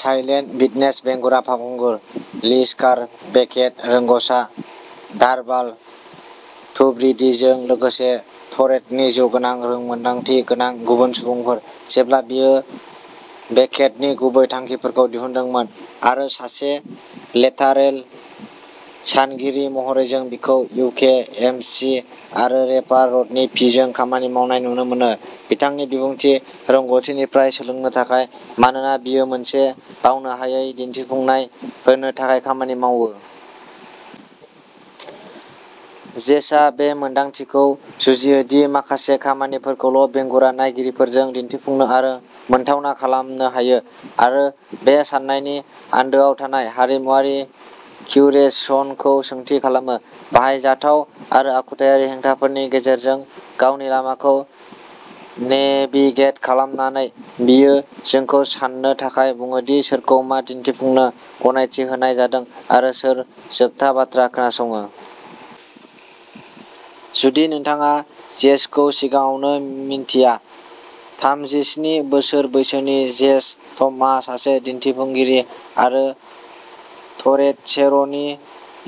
Silent Witness बेंगुरा फावखुंगुर Liz Carr, बेकेट रोंग'सा दारभाल टुब्रिडीजों लोगोसे टरेटनि जिउगोनां रोंमोनदांथि गोनां गुबुन सुबुंफोर, जेब्ला बियो बेकेटनि गुबै थांखिफोरखौ दिहुनदोंमोन। आरो सासे लेटारेल सानगिरि महरै जों बिखौ इउके एमसि आरो रेपार रडनि पिजों खामानि मावनाय नुनो मोनो, बिथांनि बिबुंथि रोंग'थिनिफ्राय सोलोंनो थाखाय, मानोना बियो मोनसे बावनो हायै दिन्थिफुंनाय होनो थाखाय खामानि मावो। जेसआ बे मोनदांथिखौ जुजियो दि माखासे खामानिफोरखौल' बेंगुरा नायगिरिफोरजों दिन्थिफुंनो आरो मोनथावना खालामनो हायो आरो बे साननायनि आन्दोआव थानाय हारिमुआरि क्यूरेशनखौ सोंथि खालामो। बाहायजाथाव आरो आखुथायारि हेंथाफोरनि गेजेरजों गावनि लामाखौ नेभिगेट खालामनानै, बियो जोंखौ सान्नो थाखाय बुङो दि सोरखौ मा दिन्थिफुंनो गनायथि होनाय जादों आरो सोर जोबथा बाथ्रा खोनासङो। जुदि नोंथाङा जेसखौ सिगाङावनो मिन्थिया थामजिस्नि बोसोर बैसोनि जेस थमआ सासे दिन्थिफुंगिरि आरो टरेटशेर'नि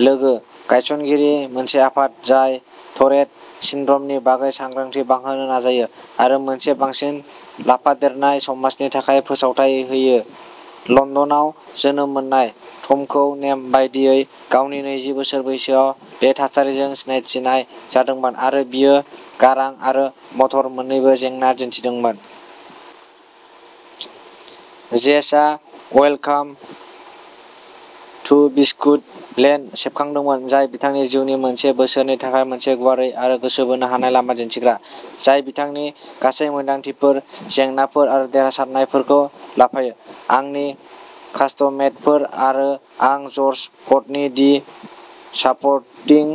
लोगो-गायसनगिरि, मोनसे आफाद जाय टरेट सिन्ड्रमनि बागै सांग्रांथि बांहोनो नाजायो आरो मोनसे बांसिन लाफादेरनाय समाजनि थाखाय फोसावथाय होयो। लण्डनाव जोनोम मोननाय थ'मखौ नेम बायदियै गावनि नैजि बोसोर बैसोआव बे थासारिजों सिनायथिनाय जादोंमोन आरो बियो गारां आरो मटर मोन्नैबो जेंना दिन्थिदोंमोन। जेसआ वेलकाम टु बिस्कुट लेन्ड सेबखांदोंमोन, जाय बिथांनि जिउनि मोनसे बोसोरनि थाखाय मोनसे गुवारै आरो गोसो बोनो हानाय लामा दिन्थिग्रा, जाय बिथांनि गासै मोनदांथिफोर, जेंनाफोर आरो देरहासारनायफोरखौ लाफायो। आंनि कास्टमेटफोर आरो आं जर्ज फर्थनि दि साप'र्टिं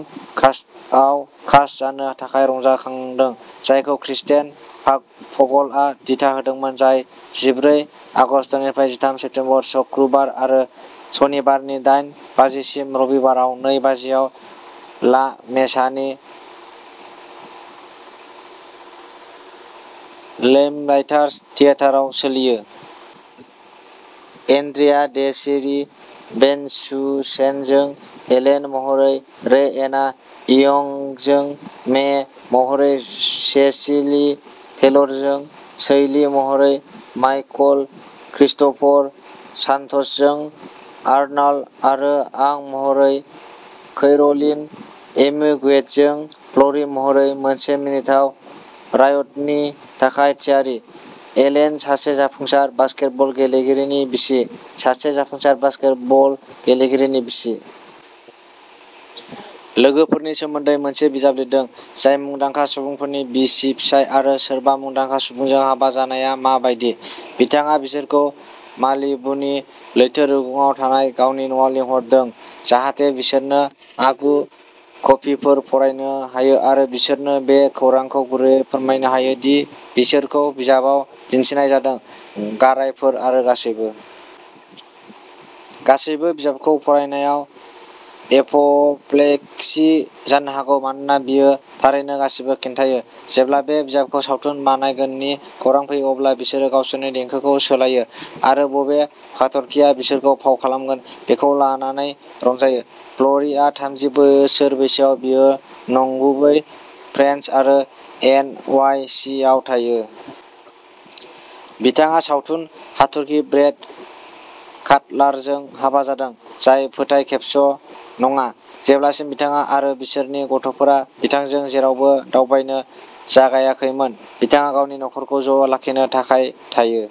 कास्टआव कास्ट जानो थाखाय रंजाखांदों, जायखौ क्रिस्टेन फाग फगलआ दिथा होदोंमोन, जाय जिब्रै आगस्तनिफ्राय जिथाम सेप्तेम्बर शुक्रबार आरो सनिबारनि डाइन बाजिसिम, रबिबारआव नै बाजिआव ला मेसानि लैम्प्लाइटार्स थियेटारआव सोलियो। एन्ड्रिया डेसिरी बेनसुसेनजों एलेन महरै रे-एना यंगजों मे महरै, सेसिली टेलरजों सैली महरै, माइकल क्रिस्ट'फर शान्ट्जजों आर्नाल्ड आरो आं महरै, कैर'लिन एमिगुएटजों फ्ल'री महरै। मोनसे मिनिथाव राइडनि थाखाय थियारि? एलेन, सासे जाफुंसार बास्केटबल गेलेगिरिनि बिसि, सासे जाफुंसार बास्केटबल गेलेगिरिनि बिसि। लोगोफोरनि सोमोन्दै मोनसे बिजाब लिरदों, जाय मुंदांखा सुबुंफोरनि बिसि-फिसाय आरो सोरबा मुंदांखा सुबुंजों हाबा जानाया मा बायदि। बिथाङा बिसोरखौ मालिबुनि लैथो रुगुंआव थानाय गावनि न'आव लिंहरदों, जाहाथे बिसोरनो आगु कपिफोर फरायनो हायो आरो बिसोरनो बे खौरांखौ गुरैयै फोरमायनो हायो दि बिसोरखौ बिजाबाव दिन्थिनाय जादों, गारायफोर आरो गासैबो। गासैबो बिजाबखौ फरायनायाव एप'प्लेक्सि जानो हागौ मानोना बेयो थारैनो गासिबो खिन्थायो। जेब्ला बे बिजाबखौ सावथुन बानायगोननि खौरां फैयो, अब्ला बिसोरो गावसोरनि देंखोखौ सोलायो आरो बबे हाथरखिआ बिसोरखौ फाव खालामगोन बेखौ लानानै रंजायो। फ्ल'रिआ थामजि बोसोर बैसोआव बियो नंगुबै, फ्रेन्स आरो एन वाइ सि आव थायो। बिथाङा सावथुन हाथरखि ब्रेड काटलारजों हाबा जादों, जाय फोथाय खेबस' नङा, जेब्लासिम बिथाङा आरो बिसोरनि गथ'फोरा बिथांजों जेरावबो दावबायनो जागायाखैमोन। बिथाङा गावनि नखरखौ ज' लाखिनो थाखाय थायो।